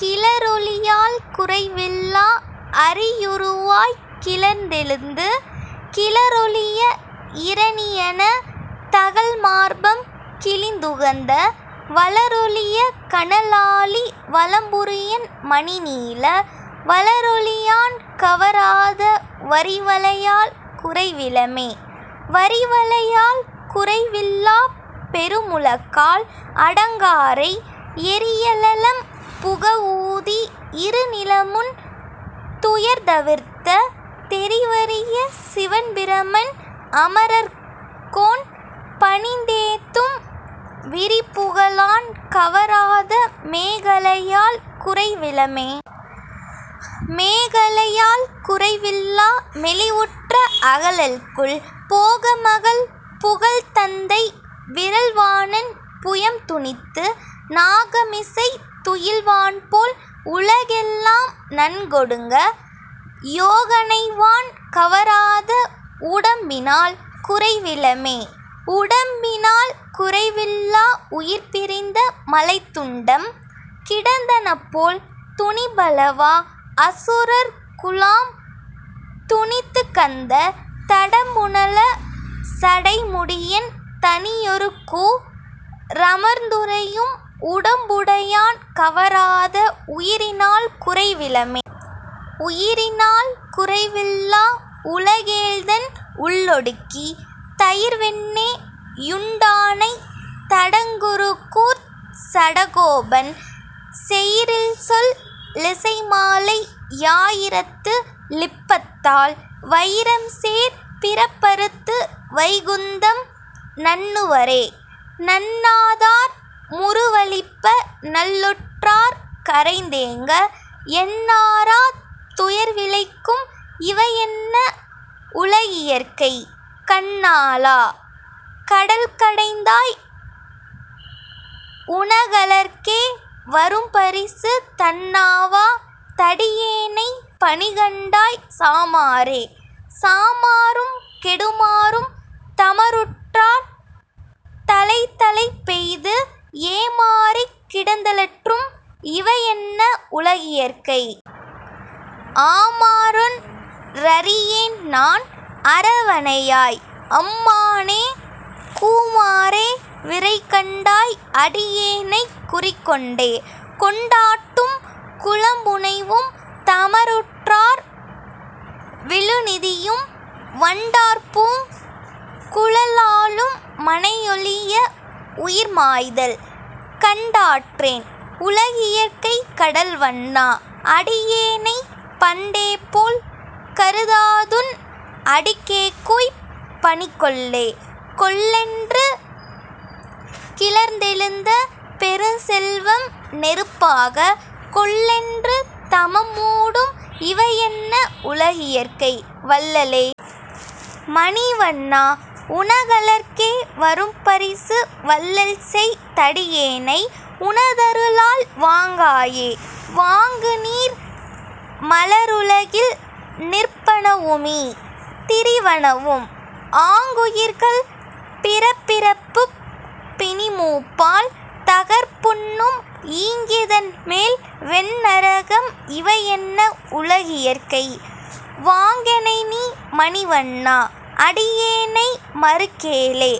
கிளரொளியால் குறைவில்லா அரியுருவாய்க் கிளர்ந்தெழுந்து, கிளரொளிய இரணியன தகல்மார்பம் கிழிந்துகந்த, வளரொளிய கனலாழி வலம்புரியன் மணிநீல, வளரொளியான் கவராத வரிவளையால் குறைவிலமே.. வரிவளையால் குறைவில்லாப் பெருமுழக்கால் அடங்காரை, எரியழலம் புகவூதி யிருநிலமுன் துயர்தவிர்த்த, தெரிவரிய சிவன்பிரமன் அமரர் கோன் பணிந்தேத்தும், விரிபுகழான் கவராத மேகலையால் குறைவிலமே.. மேகலையால் குறைவில்லா மெலிவுற்ற அகலல்குல், போகமகள் புகழ்த்தந்தை விறல்வாணன் புயம்துணித்து, நாகமிசைத் துயில்வான்போல் உலகெல்லாம் நன்கொடுங்க, யோகணைவான் கவராத வுடம்பினால் குறைவிலமே.. உடம்பினால் குறைவில்லா உயிர்பிரிந்த மலைத்துண்டம், கிடந்தனபோல் துணிபலவா அசுரர் குழாம் துணித்துகந்த, தடம்புனல சடைமுடியன் தனியொருகூ றமர்ந்துறையும், உடம்புடையான் கவராத உயிரினால் குறைவிலமே. உயிரினால் குறைவில்லா உலகேழ்தன் உள்ளொடுக்கி, தயிர்வெண்ணெ யுண்டானைத், தடங்குருகூர்ச் சடகோபன், செயிரில்சொல் லிசைமாலை யாயிரத்து ளிப்பத்தால் வயிரம்சேர் பிறப்பறுத்து வைகுந்தம் நண்ணுவரே. நண்ணாதார் முறுவலிப்ப நல்லுற்றார் கரைந்தேங்க, எண்ணாராத் துயர்விளைக்கும் இவையென்ன உலகியற்கை?, கண்ணாளா. கடல்கடைந்தாய். உனகழற்கே வரும்பரிசு, தண்ணாவா தடியேனைப் பணிகண்டாய் சாமாறே.. சாமாறும் கெடுமாறும் தமருற்றார் தலைத்தலைப்பெய்து, ஏமாறிக் கிடந்தலற்றும் இவையென்ன உலகியற்கை?, ஆமாறொன் றறியேன்நான் அரவணையாய். அம்மானே, கூமாறே விரைகண்டாய் அடியேனைக் குறிக்கொண்டே.. கொண்டாட்டும் குலம்புனைவும் தமருற்றார் விழுநிதியும், வண்டார்பூங் குழலாளும் மனையொழிய வுயிர்மாய்தல், கண்டாற்றேன் உலகியற்கை கடல்வண்ணா. அடியேனைப் பண்டேபோல் கருதாதுன் அடிக்கேகூய்ப் பணிகொள்ளே.. கொள்ளென்று கிளர்ந்தெழுந்த பெருஞ்செல்வம் நெருப்பாக, கொள்ளென்று தமம்மூடும் இவையென்ன உலகியற்கை? வள்ளலே. மணிவண்ணா. உனகழற்கே வரும்பரிசு, வள்ளல்செய் தடியேனை உனதருளால் வாங்காயே.. வாங்குநீர் மலருலகில் நிற்பனவுமீ திரிவனவும், ஆங்குயிர்கள் பிறப்பிறப்புப் பிணிமூப்பால் தகர்ப்புண்ணும், ஈங்கிதன்மேல் வெந்நரகம் இவையென்ன உலகியற்கை? வாங்கெனைநீ மணிவண்ணா. அடியேனை மறுக்கேலே..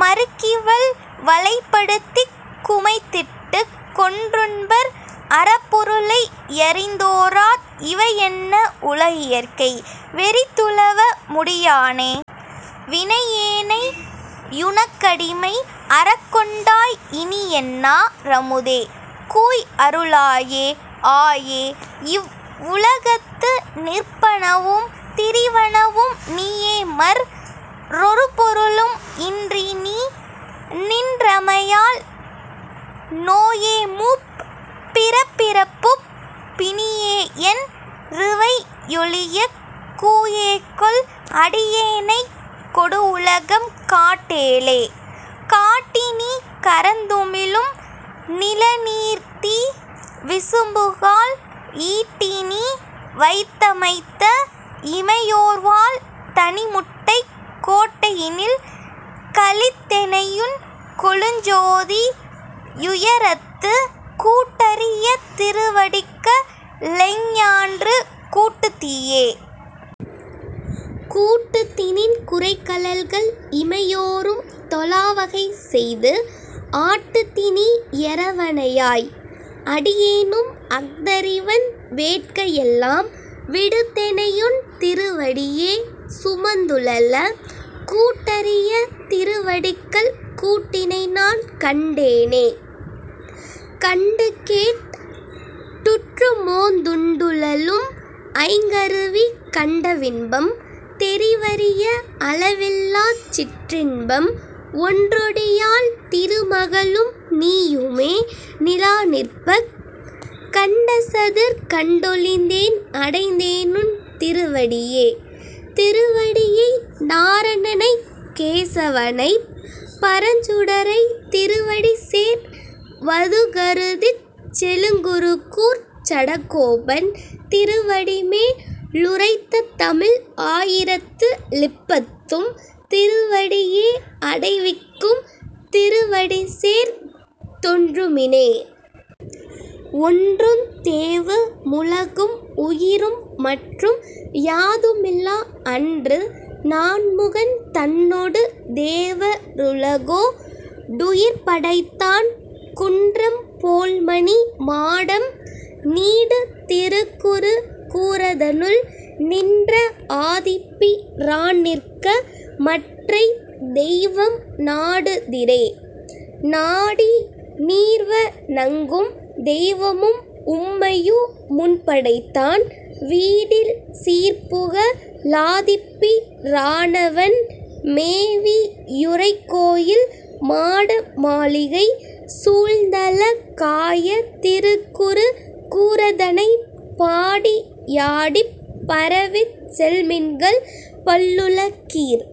மறுக்கிவல் வலைப்படுத்திக் குமைத்திட்டுக் கொன்றுண்பர், அறப்பொருளை யறிந்தோரார் இவையென்ன உலகியற்கை? வெறித்துளவ முடியானே. வினையேனை யுனக்கடிமை அறக்கொண்டாய், இனியென்னா ரமுதே. கூய் அருளாயே.. ஆயே. இவ் வுலகத்து நிற்பனவும் திரிவனவும் நீயேமற் றொருபொருளும் இன்றிநீ நின்றமையால், நோயேமூப் பிறப்பிறப்புப் பிணியேயென் றிவையொழியக், கூயேகொள் அடியேனைக் கொடுவுலகம் காட்டேலே.. காட்டிநீ கரந்துமிழும் நிலநீர்தீ விசும்புகால், ஈட்டீநீ வைத்தமைத்த இமையோர்வாழ் தனிமுட்டைக், கோட்டையினில் கழித்தெனையுன் கொழுஞ்சோதி யுயரத்து, கூட்டரிய திருவடிக்க ளெஞ்ஞான்று கூட்டுதியே?. கூட்டுதிநின் குரைகழல்கள் இமையோரும் தொழாவகை செய்து, ஆட்டுதிநீ யரவணையாய். அடியேனும் அஃதறிவன், வேட்கையெல்லாம் விடுத்தெனையுன் திருவடியே சுமந்துழல, கூட்டரிய திருவடிக்கள் கூட்டினைநான் கண்டேனே.. கண்டுகேட் டுற்றுமோந்துண்டுழலும் ஐங்கருவி கண்டவின்பம், தெரிவரிய அளவில்லாச் சிற்றின்பம், ஒண்டொடியாள் திருமகளும் நீயுமே நிலாநிற்பக், கண்டசதிர் கண்டொழிந்தேன் அடைந்தேனுன் திருவடியே. திருவடியை நாரணனைக்கேசவனைப் பரஞ்சுடரை, திருவடிசேர் வதுகருதிச் செழுங்குருகூர்ச் சடகோபன், திருவடிமே லுரைத்ததமிழ் ஆயிரத்து ளிப்பத்தும், திருவடியே அடைவிக்கும் திருவடிசேர்ந் தொன்றுமினே. ஒன்றுந் தேவு முலகும் உயிரும் மற்றும் யாதுமில்லா அன்று, நான்முகன் தன்னொடு தேவ ருலகோ டுயிர்படைத்தான், குன்றம் போல்மணி மாடம் நீடு திருக்குரு கூரதனுள், நின்ற ஆதிப்பி ரான்நிற்க மற்றைத் தெய்வம் நாடுதிரே.. நாடி நீர்வ ணங்கும் தெய்வமும் உம்மையு முன்படைத்தான், வீடில் சீர்ப்புக ழாதிப்பி ரானவன் மேவி யுறைகோயில், மாட மாளிகை சூழ்ந்தழ காய திருக்குரு கூரதனைப், பாடி யாடிப் பரவிச் செல்மின்கள் பல்லுல கீர்.